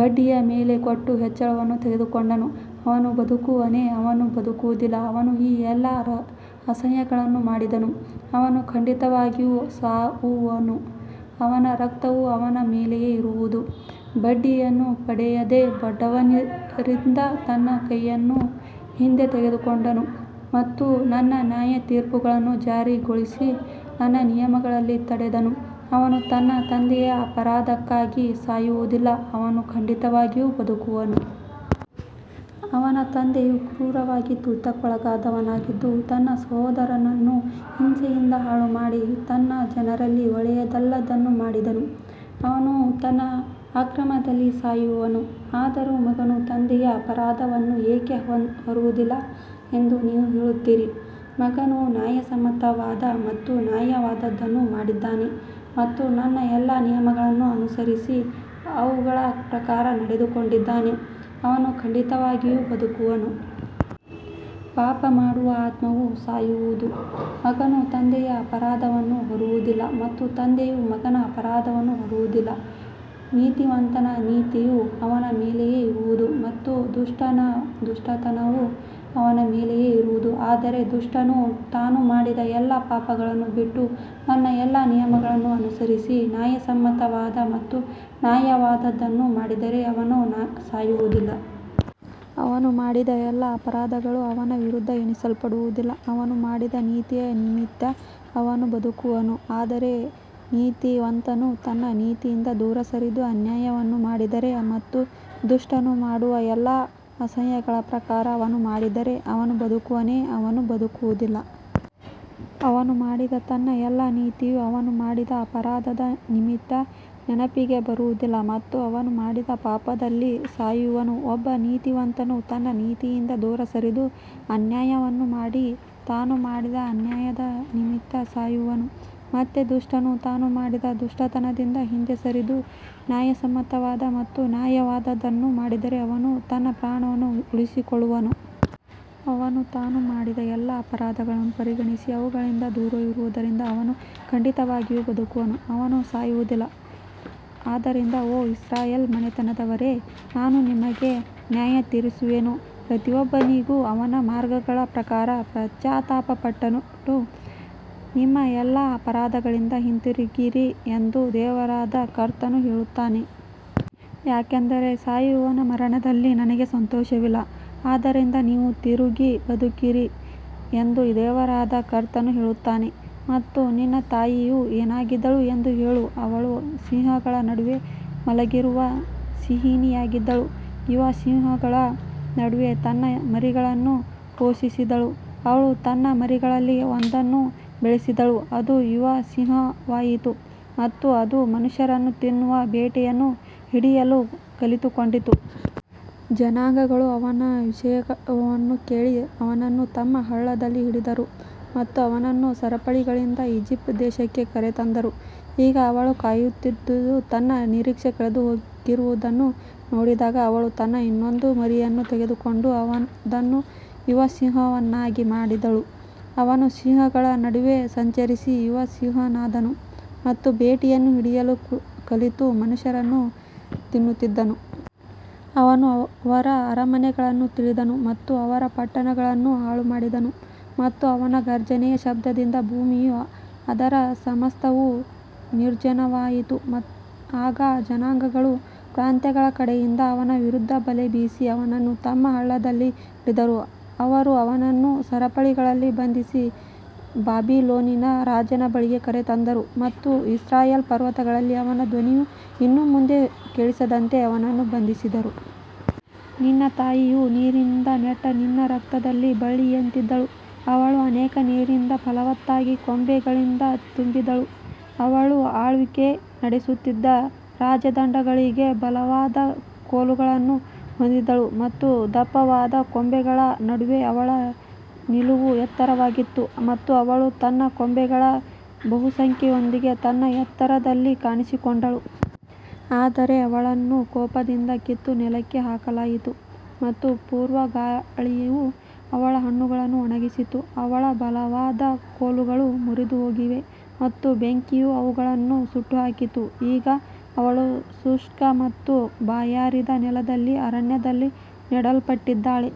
ಬಡ್ಡಿಯ ಮೇಲೆ ಕೊಟ್ಟು ಹೆಚ್ಚಳವನ್ನು ತೆಗೆದುಕೊಂಡನು, ಅವನು ಬದುಕುವನೇ, ಅವನು ಬದುಕುವುದಿಲ್ಲ. ಅವನು ಈ ಎಲ್ಲಾ ಅಸಹ್ಯಗಳನ್ನು ಮಾಡಿದನು, ಅವನು ಖಂಡಿತವಾಗಿಯೂ ಸಾಯುವನು, ಅವನ ರಕ್ತವು ಅವನ ಮೇಲೆಯೇ ಇರುವುದು. ಬಡ್ಡಿಯನ್ನು ಪಡೆಯದೆ ಬಡವರಿಂದ ತನ್ನ ಕೈಯನ್ನು ಹಿಂದೆ ತೆಗೆದುಕೊಂಡನು ಮತ್ತು ನನ್ನ ನ್ಯಾಯತೀರ್ಪುಗಳನ್ನು ಜಾರಿಗೊಳಿಸಿ ನನ್ನ ನಿಯಮಗಳಲ್ಲಿ ನಡೆದನು, ಅವನು ತನ್ನ ತಂದೆಯ ಅಪರಾಧಕ್ಕಾಗಿ ಸಾಯುವುದಿಲ್ಲ, ಅವನು ಖಂಡಿತವಾಗಿಯೂ ಬದುಕುವನು. ಅವನ ತಂದೆಯು ಕ್ರೂರವಾಗಿ ತುಳಿತಕ್ಕೊಳಗಾದವನಾಗಿದ್ದು, ತನ್ನ ಸಹೋದರನನ್ನು ಹಿಂಸೆಯಿಂದ ಹಾಳುಮಾಡಿ ತನ್ನ ಜನರಲ್ಲಿ ಒಳ್ಳೆಯದಲ್ಲದ್ದನ್ನು ಮಾಡಿದನು, ಅವನು ತನ್ನ ಅಕ್ರಮದಲ್ಲಿ ಸಾಯುವನು. ಆದರೂ ಮಗನು ತಂದೆಯ ಅಪರಾಧವನ್ನು ಏಕೆ ಹೊರುವುದಿಲ್ಲ ಎಂದು ನೀವು ಹೇಳುತ್ತೀರಿ. ಮಗನು ನ್ಯಾಯಸಮ್ಮತವಾದ ಮತ್ತು ನ್ಯಾಯವಾದದ್ದನ್ನು ಮಾಡಿದ್ದಾನೆ ಮತ್ತು ನನ್ನ ಎಲ್ಲಾ ನಿಯಮಗಳನ್ನು ಅನುಸರಿಸಿ ಅವುಗಳ ಪ್ರಕಾರ ನಡೆದುಕೊಂಡಿದ್ದಾನೆ, ಅವನು ಖಂಡಿತವಾಗಿಯೂ ಬದುಕುವನು. ಪಾಪ ಮಾಡುವ ಆತ್ಮವು ಸಾಯುವುದು. ಮಗನು ತಂದೆಯ ಅಪರಾಧವನ್ನು ಹೊರುವುದಿಲ್ಲ ಮತ್ತು ತಂದೆಯು ಮಗನ ಅಪರಾಧವನ್ನು ಹೊರುವುದಿಲ್ಲ. ನೀತಿವಂತನ ನೀತಿಯು ಅವನ ಮೇಲೆಯೇ ಇರುವುದು ಮತ್ತು ದುಷ್ಟನ ದುಷ್ಟತನವು ಅವನ ಮೇಲೆಯೇ ಇರುವುದು. ಆದರೆ ದುಷ್ಟನು ತಾನು ಮಾಡಿದ ಎಲ್ಲಾ ಪಾಪಗಳನ್ನು ಬಿಟ್ಟು ನನ್ನ ಎಲ್ಲಾ ನಿಯಮಗಳನ್ನು ಅನುಸರಿಸಿ ನ್ಯಾಯಸಮ್ಮತವಾದ ಮತ್ತು ನ್ಯಾಯವಾದದ್ದನ್ನು ಮಾಡಿದರೆ ಅವನು ಸಾಯುವುದಿಲ್ಲ. ಅವನು ಮಾಡಿದ ಎಲ್ಲಾ ಅಪರಾಧಗಳು ಅವನ ವಿರುದ್ಧ ಎಣಿಸಲ್ಪಡುವುದಿಲ್ಲ, ಅವನು ಮಾಡಿದ ನೀತಿಯ ನಿಮಿತ್ತ ಅವನು ಬದುಕುವನು. ಆದರೆ ನೀತಿವಂತನು ತನ್ನ ನೀತಿಯಿಂದ ದೂರ ಸರಿದು ಅನ್ಯಾಯವನ್ನು ಮಾಡಿದರೆ ಮತ್ತು ದುಷ್ಟನು ಮಾಡುವ ಎಲ್ಲಾ ಅಸಹ್ಯಗಳ ಪ್ರಕಾರ ಅವನು ಮಾಡಿದರೆ, ಅವನು ಬದುಕುವನೇ, ಅವನು ಬದುಕುವುದಿಲ್ಲ. ಅವನು ಮಾಡಿದ ತನ್ನ ಎಲ್ಲಾ ನೀತಿಯು ಅವನು ಮಾಡಿದ ಅಪರಾಧದ ನಿಮಿತ್ತ ನೆನಪಿಗೆ ಬರುವುದಿಲ್ಲ ಮತ್ತು ಅವನು ಮಾಡಿದ ಪಾಪದಲ್ಲಿ ಸಾಯುವನು. ಒಬ್ಬ ನೀತಿವಂತನು ತನ್ನ ನೀತಿಯಿಂದ ದೂರ ಸರಿದು ಅನ್ಯಾಯವನ್ನು ಮಾಡಿ ತಾನು ಮಾಡಿದ ಅನ್ಯಾಯದ ನಿಮಿತ್ತ ಸಾಯುವನು. ಮತ್ತೆ ದುಷ್ಟನು ತಾನು ಮಾಡಿದ ದುಷ್ಟತನದಿಂದ ಹಿಂದೆ ಸರಿದು ನ್ಯಾಯಸಮ್ಮತವಾದ ಮತ್ತು ನ್ಯಾಯವಾದದ್ದನ್ನು ಮಾಡಿದರೆ ಅವನು ತನ್ನ ಪ್ರಾಣವನ್ನು ಉಳಿಸಿಕೊಳ್ಳುವನು. ಅವನು ತಾನು ಮಾಡಿದ ಎಲ್ಲಾ ಅಪರಾಧಗಳನ್ನು ಪರಿಗಣಿಸಿ ಅವುಗಳಿಂದ ದೂರವಿರುವುದರಿಂದ ಅವನು ಖಂಡಿತವಾಗಿಯೂ ಬದುಕುವನು, ಅವನು ಸಾಯುವುದಿಲ್ಲ. ಆದ್ದರಿಂದ ಓ ಇಸ್ರಾಯೇಲ್ ಮನೆತನದವರೇ, ನಾನು ನಿಮಗೆ ನ್ಯಾಯತೀರಿಸುವೆನು, ಪ್ರತಿಯೊಬ್ಬನಿಗೂ ಅವನ ಮಾರ್ಗಗಳ ಪ್ರಕಾರ. ಪಶ್ಚಾತ್ತಾಪಪಟ್ಟು ನಿಮ್ಮ ಎಲ್ಲಾ ಅಪರಾಧಗಳಿಂದ ಹಿಂತಿರುಗಿರಿ ಎಂದು ದೇವರಾದ ಕರ್ತನು ಹೇಳುತ್ತಾನೆ. ಯಾಕಂದರೆ ಸಾಯುವವನ ಮರಣದಲ್ಲಿ ನನಗೆ ಸಂತೋಷವಿಲ್ಲ, ಆದ್ದರಿಂದ ನೀವು ತಿರುಗಿ ಬದುಕಿರಿ ಎಂದು ದೇವರಾದ ಕರ್ತನು ಹೇಳುತ್ತಾನೆ. ಮತ್ತು ನಿನ್ನ ತಾಯಿಯು ಏನಾಗಿದ್ದಳು ಎಂದು ಹೇಳು, ಅವಳು ಸಿಂಹಗಳ ನಡುವೆ ಮಲಗಿರುವ ಸಿಂಹಿಣಿಯಾಗಿದ್ದಳು, ಯುವ ಸಿಂಹಗಳ ನಡುವೆ ತನ್ನ ಮರಿಗಳನ್ನು ಪೋಷಿಸಿದಳು. ಅವಳು ತನ್ನ ಮರಿಗಳಲ್ಲಿ ಒಂದನ್ನು ಬೆಳೆಸಿದಳು, ಅದು ಯುವ ಸಿಂಹವಾಯಿತು ಮತ್ತು ಅದು ಮನುಷ್ಯರನ್ನು ತಿನ್ನುವ ಬೇಟೆಯನ್ನು ಹಿಡಿಯಲು ಕಲಿತುಕೊಂಡಿತು. ಜನಾಂಗಗಳು ಅವನ ವಿಷಯವನ್ನು ಕೇಳಿ ಅವನನ್ನು ತಮ್ಮ ಹಳ್ಳದಲ್ಲಿ ಹಿಡಿದರು ಮತ್ತು ಅವನನ್ನು ಸರಪಳಿಗಳಿಂದ ಈಜಿಪ್ಟ್ ದೇಶಕ್ಕೆ ಕರೆತಂದರು. ಈಗ ಅವಳು ಕಾಯುತ್ತಿದ್ದು, ತನ್ನ ನಿರೀಕ್ಷೆ ಕಳೆದುಹೋಗಿರುವುದನ್ನು ನೋಡಿದಾಗ, ಅವಳು ತನ್ನ ಇನ್ನೊಂದು ಮರಿಯನ್ನು ತೆಗೆದುಕೊಂಡು ಅದನ್ನು ಯುವ ಸಿಂಹವನ್ನಾಗಿ ಮಾಡಿದಳು. ಅವನು ಸಿಂಹಗಳ ನಡುವೆ ಸಂಚರಿಸಿ, ಯುವ ಸಿಂಹನಾದನು ಮತ್ತು ಬೇಟೆಯನ್ನು ಹಿಡಿಯಲು ಕಲಿತು ಮನುಷ್ಯರನ್ನು ತಿನ್ನುತ್ತಿದ್ದನು. ಅವನು ಅವರ ಅರಮನೆಗಳನ್ನು ತಿಳಿದನು ಮತ್ತು ಅವರ ಪಟ್ಟಣಗಳನ್ನು ಹಾಳುಮಾಡಿದನು ಮತ್ತು ಅವನ ಘರ್ಜನೆಯ ಶಬ್ದದಿಂದ ಭೂಮಿಯೂ ಅದರ ಸಮಸ್ತವೂ ನಿರ್ಜನವಾಯಿತು. ಆಗ ಜನಾಂಗಗಳು ಪ್ರಾಂತ್ಯಗಳ ಕಡೆಯಿಂದ ಅವನ ವಿರುದ್ಧ ಬಲೆ ಬೀಸಿ ಅವನನ್ನು ತಮ್ಮ ಹಳ್ಳದಲ್ಲಿ ಹಿಡಿದರು. ಅವರು ಅವನನ್ನು ಸರಪಳಿಗಳಲ್ಲಿ ಬಂಧಿಸಿ ಬಾಬಿಲೋನಿನ ರಾಜನ ಬಳಿಗೆ ಕರೆತಂದರು ಮತ್ತು ಇಸ್ರಾಯೇಲ್ ಪರ್ವತಗಳಲ್ಲಿ ಅವನ ಧ್ವನಿಯು ಇನ್ನು ಮುಂದೆ ಕೇಳಿಸದಂತೆ ಅವನನ್ನು ಬಂಧಿಸಿದರು. ನಿನ್ನ ತಾಯಿಯು ನೀರಿನಿಂದ ನೆಟ್ಟ ನಿನ್ನ ರಕ್ತದಲ್ಲಿ ಬಳ್ಳಿಯಂತಿದ್ದಳು, ಅವಳು ಅನೇಕ ನೀರಿನಿಂದ ಫಲವತ್ತಾಗಿ ಕೊಂಬೆಗಳಿಂದ ತುಂಬಿದ್ದಳು. ಅವಳು ಆಳ್ವಿಕೆ ನಡೆಸುತ್ತಿದ್ದ ರಾಜದಂಡಗಳಿಗೆ ಬಲವಾದ ಕೋಲುಗಳನ್ನು ಹೊಂದಿದ್ದಳು ಮತ್ತು ದಪ್ಪವಾದ ಕೊಂಬೆಗಳ ನಡುವೆ ಅವಳ ನಿಲುವು ಎತ್ತರವಾಗಿತ್ತು ಮತ್ತು ಅವಳು ತನ್ನ ಕೊಂಬೆಗಳ ಬಹುಸಂಖ್ಯೆಯೊಂದಿಗೆ ತನ್ನ ಎತ್ತರದಲ್ಲಿ ಕಾಣಿಸಿಕೊಂಡಳು. ಆದರೆ ಅವಳನ್ನು ಕೋಪದಿಂದ ಕಿತ್ತು ನೆಲಕ್ಕೆ ಹಾಕಲಾಯಿತು ಮತ್ತು ಪೂರ್ವಗಾಳಿಯು ಅವಳ ಹಣ್ಣುಗಳನ್ನು ಒಣಗಿಸಿತು, ಅವಳ ಬಲವಾದ ಕೋಲುಗಳು ಮುರಿದುಹೋಗಿವೆ ಮತ್ತು ಬೆಂಕಿಯು ಅವುಗಳನ್ನು ಸುಟ್ಟುಹಾಕಿತು. ಈಗ ಅವಳು ಶುಷ್ಕ ಮತ್ತು ಬಾಯಾರಿದ ನೆಲದಲ್ಲಿ ಅರಣ್ಯದಲ್ಲಿ ನೆಡಲ್ಪಟ್ಟಿದ್ದಾಳೆ.